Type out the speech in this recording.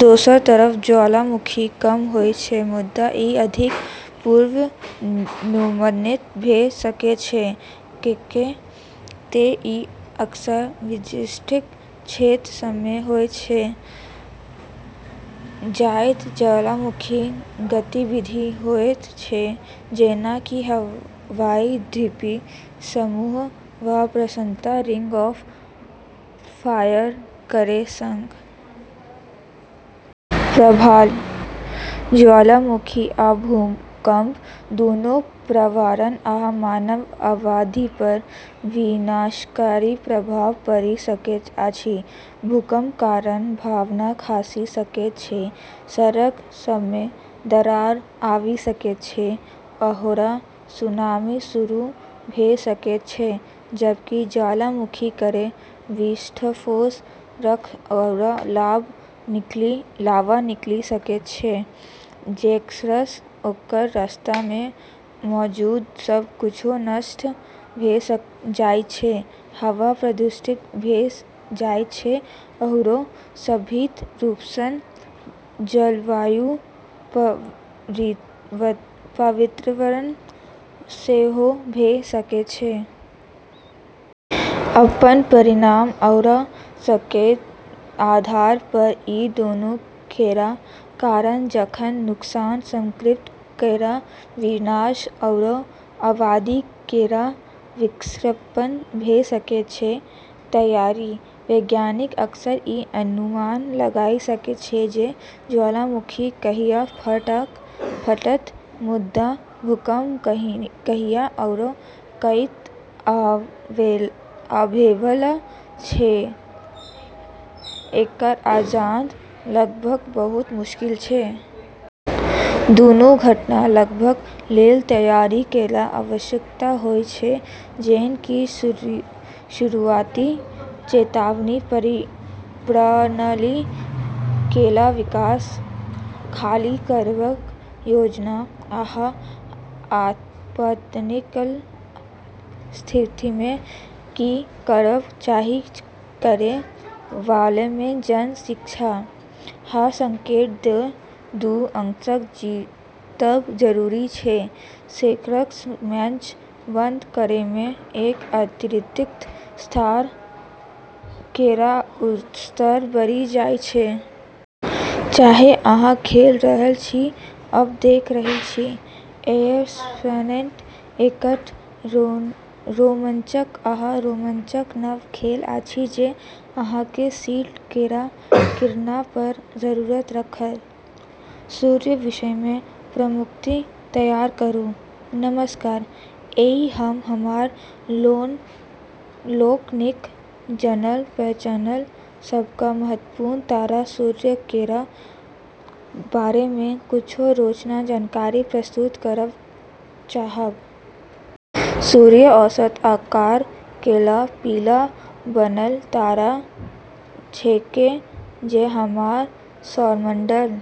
दोसर तरफ ज्वालामुखी कम होइत छै मुदा ई अधिक पूर्वानुमानित भऽ सकैत छै, किऐक तऽ ई अक्सर विशिष्ट क्षेत्र सभमे होइत छै, जतय ज्वालामुखी गतिविधि होइत छै, जेना कि हवाई द्वीप समूह वा प्रशांत रिंग ऑफ फायर केर संग। प्रभाव: ज्वालामुखी आ भूकंप दूनू पर्यावरण आ मानव आबादीपर विनाशकारी प्रभाव पाड़ि सकैत अछि। भूकंपक कारण भवन खसि सकैत छै, सड़क सभमे दरार आबि सकैत छै, आओर सुनामी शुरू भऽ सकैत छै, जबकि ज्वालामुखी केर विस्फोटसँ राख आओर लावा निकलि सकैत छै, जेकरासँ ओकर रास्तामे मौजूद सब किछु नष्ट भऽ जाइत छै, हवा प्रदूषित भऽ जाइत छै आओर संभावित रूपसँ जलवायु परिवर्तन सेहो भऽ सकैत छै। अपन परिमाण आओर स्थानक आधारपर ई दूनू केर कारण जानक नुकसान, संपत्ति केर विनाश आओर आबादी केर विस्थापन भऽ सकैत छै। तैयारी: वैज्ञानिक अक्सर ई अनुमान लगाइ सकैत छै जे ज्वालामुखी कहिया फटत, मुदा भूकंप कहिया आओर कतय आबैवाला छै, एकर अंदाजा लगाबब बहुत मुश्किल छै। दूनू घटना सभक लेल तैयारी केर आवश्यकता होइत छै, जेना कि शुरुआती चेतावनी प्रणाली केर विकास, खाली करबाक योजना, आ आपातकालीन स्थितिमे की करबाक चाही केर बारेमे जन शिक्षा। हर सेटकेँ दू अंकसँ जीतब जरूरी छै, जेकरासँ मैच बंद करैमे एक अतिरिक्त स्तर केर उत्साह बढ़ि जाइत छै। चाहे अहाँ खेल रहल छी वा देख रहल छी, एयरोस्पाइक एकटा रोमांचक आ रोमांचक नव खेल अछि जे अहाँकेँ सीट केर किनारापर जरूर राखत! सूर्यक विषयमे प्रस्तुति तैयार करू। नमस्कार, आइ हम हमरा लोकनिक जानल-पहचानल सबसँ महत्वपूर्ण तारा सूर्य केर बारेमे किछु रोचक जानकारी प्रस्तुत करब चाहब। सूर्य औसत आकार केर पीला बौना तारा छेकै जे हमर सौरमंडल।